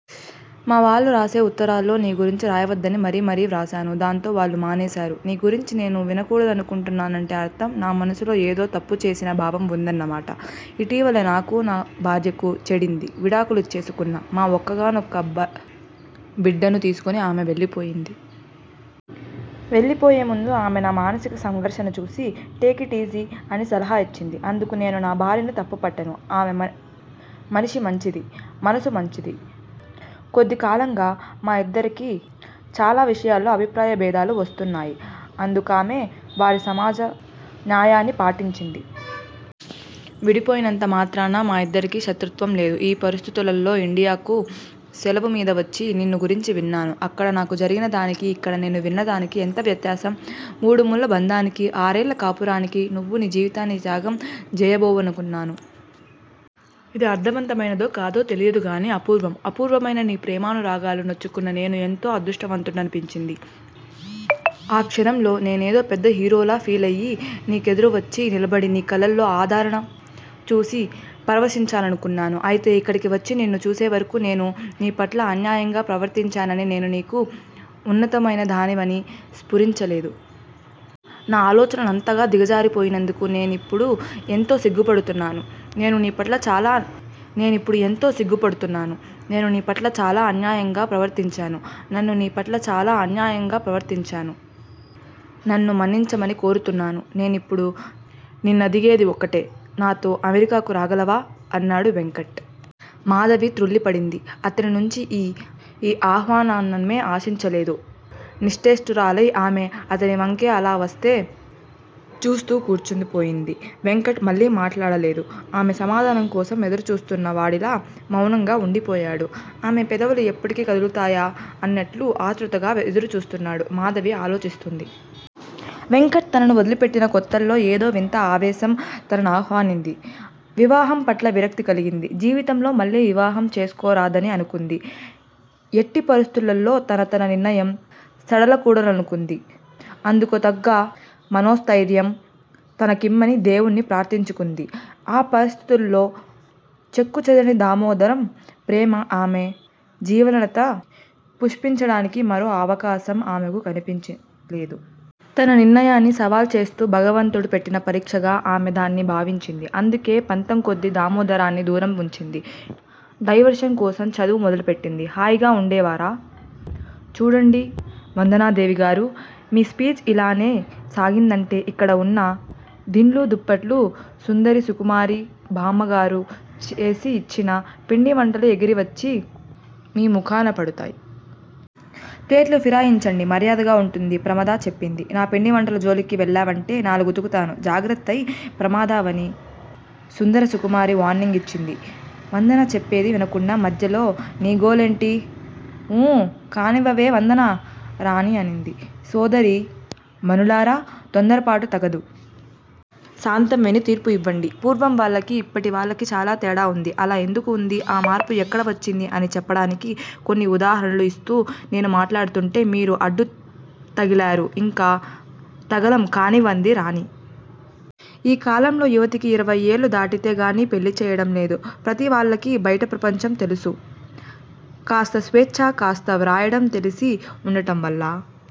మా వాళ్ళు రాసే ఉత్తరాల్లో నీ గురించి రాయవద్దని మరీ మరీ వ్రాశాను. దాంతో వాళ్ళు మానేశారు. నీ గురించి నేను వినకూడదనుకొంటున్నానంటే అర్ధం! నా మనసులో ఏదో తప్పుచేసిన భావం ఉందన్న మాట! ఇటీవలే నాకూ, నా భార్యకూ చెడింది. విడాకులిచ్చేసుకున్నాం. మా ఒక్కగానొక్క బిడ్డను తీసుకొని ఆమె వెళ్ళిపోయింది. వెళ్ళిపోయేముందు ఆమె నా మానసిక సంఘర్షణ చూసి, టేకిట్ ఈజీ అని సలహా ఇచ్చింది. అందుకు నేను నా భార్యను తప్పుపట్టాను. ఆమె మనిషి మంచిది. మనసు మంచిది. కొద్దికాలంగా మా ఇద్దరికీ చాలా విషయాల్లో అభిప్రాయబేధాలు వస్తున్నాయి. అందుకామె వారి సమాజ న్యాయాన్ని పాటించింది. విడిపోయినంత మాత్రాన మా ఇద్దరికీ శత్రుత్వం లేదు. ఈ పరిస్థితుల్లో ఇండియాకు సెలవుమీద వచ్చి నిన్ను గురించి విన్నాను. అక్కడ నాకు జరిగిన దానికీ, ఇక్కడ నేను విన్న దానికీ ఎంత వ్యత్యాసం? మూడుముళ్ళ బందానికీ, ఆర్నెల్ల కాపురానికీ నువ్వు నీ జీవితాన్ని త్యాగం చేయబూను అనుకున్నాను. ఇది అర్దవంతమైనదో కాదో తెలియదుగానీ అపూర్వం! అపూర్వమైన నీ ప్రేమానురాగాలకు నోచుకున్న నేను ఎంతో అదృష్టవంతుడ్నినిపించింది. ఆ క్షణంలో నేనేదో పెద్ద హీరోలా ఫీలయ్యి నీకేదురుగా వచ్చి నిలబడి నీ కళ్ళలోని ఆరాధన చూసి పరవశించాలనుకున్నాను. ఐతే ఇక్కడికివచ్చి నిన్ను చూసేవరకూ నేను నీపట్ల అన్యాయంగా ప్రవర్తించాననీ నేను నీకు ఉన్నతమయిన దానివనీ స్పురించలేదు. నా అలోచనలంతగా దిగజారిపొయింనందుకు నేనిప్పుడు ఎంతో సిగ్గుపడుతున్నాను. నేను నీపట్ల చాలా నేనిప్పుడు ఎంతో సిగ్గు పడుతున్నాను. నేను నీపట్ల చాలా అన్యాయంగా ప్రవర్తించాను. నన్ను నీపట్ల చాలా అన్యాయంగా ప్రవర్తించాను. నన్ను మన్నించమని కోరుతున్నాను. నేనిప్పుడు నిన్నదిగేది ఒక్కటే. నాతో అమెరికాకు రాగలవా? అన్నాడు వెంకట్. మాధవి త్రుళ్ళి పడింది. అతనినుంచి ఈ ఆహ్వాన్నాన్నమే ఆశించలేదు. నిశ్చేష్టురాలై ఆమె అతనివంకే అలా వస్తే చూస్తూ కూర్చుండి పోయింది. వెంకట్ మళ్ళీ మాట్లాడలేదు. ఆమె సమాధానం కోసం ఎదురుచూస్తున్న వాడిలా మౌనంగా ఉండిపోయాడు. ఆమె పెదవులు ఎప్పటికి కదులుతాయా అన్నట్లు అత్రుతుగా ఎదురుచూస్తున్నాడు. మాధవి ఆలోచిస్తుంది. వెంకట్ తనను వదిలిపెట్టిన కొత్తలో ఏదో వింత ఆవేశం తననావహింది. వివాహంపట్ల విరక్తి కలిగింది. జీవితంలో మళ్ళీ వివాహం చేసుకోరాదనీ అనుకుంది. ఎట్టి పరిస్థితుల్లల్లో తన తన నిర్ణయం సడలకూడదనుకొంది. అందుకోతగ్గ మనోస్థయిర్యం తనకిమ్మని దేవుణ్నీ ప్రార్ధించుకుంది. ఆ పరిస్థితుల్లో చెక్కుచెదరని దామోదరం ప్రేమ ఆమె జీవలనత పుష్పించడానికి మరో అవకాశంగా ఆమెకు కనిపించలేదు. తన నిర్ణయాన్ని సవాల్ చేస్తూ భగవంతుడు పెట్టిన పరీక్షిగా ఆమె దాన్ని భావించింది. అందుకే పంతంకొద్దీ దామోదరాన్ని దూరంగా వుంచింది. డైవర్షన్ కోసం చదువు మొదలుపెట్టింది. హాయిగా ఉండేవారా? చూడండి వందనాదేవిగారు! మీ స్పీచ్ ఇలానే సాగిందంటే ఇక్కడ ఉన్న దిండ్లు దుప్పట్లు సుందరి సుకుమారి బామ్మగారు చేసి ఇచ్చిన పిండివంటలు ఎగిరివచ్చి మీ ముఖాన పడతాయ్. ప్లేటు ఫిరాయించండి మర్యాదగా ఉంటుంది ప్రమద చెప్పింది. నా పిండి వంటల జోలికి వెళ్ళావంటే నాలుగుతుకుతాను జాగ్రత్తే ప్రమదావని! సుందర సుకుమారి వార్నింగ్ ఇచ్చింది. వందన చెప్పేది వినకుండ మధ్యలో నీ గోలేంటి? ఊ కానివ్వవే వందనా! రాణి అంది. సోదరీ మణులారా! తొందరపాటు తగదు. సాంతం విని తీర్పు ఇవ్వండి. పూర్వం వాళ్ళకి ఇప్పటి వాళ్ళకి చాలా తేడా ఉంది. అలా ఎందుకు ఉంది? ఆ మార్పు ఎక్కడ వచ్చింది? అని చెప్పడానికి కొన్ని ఉదాహరణలు ఇస్తూ నేను మాట్లాడుతూంటే మీరు అడ్డు తగిలారు. ఇంకా తగలం కానివ్ అంది రాణి. ఈ కాలంలో యువతికి ఇరవైయేళ్ళు దాటితే గాని పెళ్ళి చేయడం లేదు. ప్రతివాళ్ళకి బైట ప్రపంచం తెలుసు. కాస్త స్వేచ్చ కాస్త వ్రాయడం తెలిసి ఉండటంవల్ల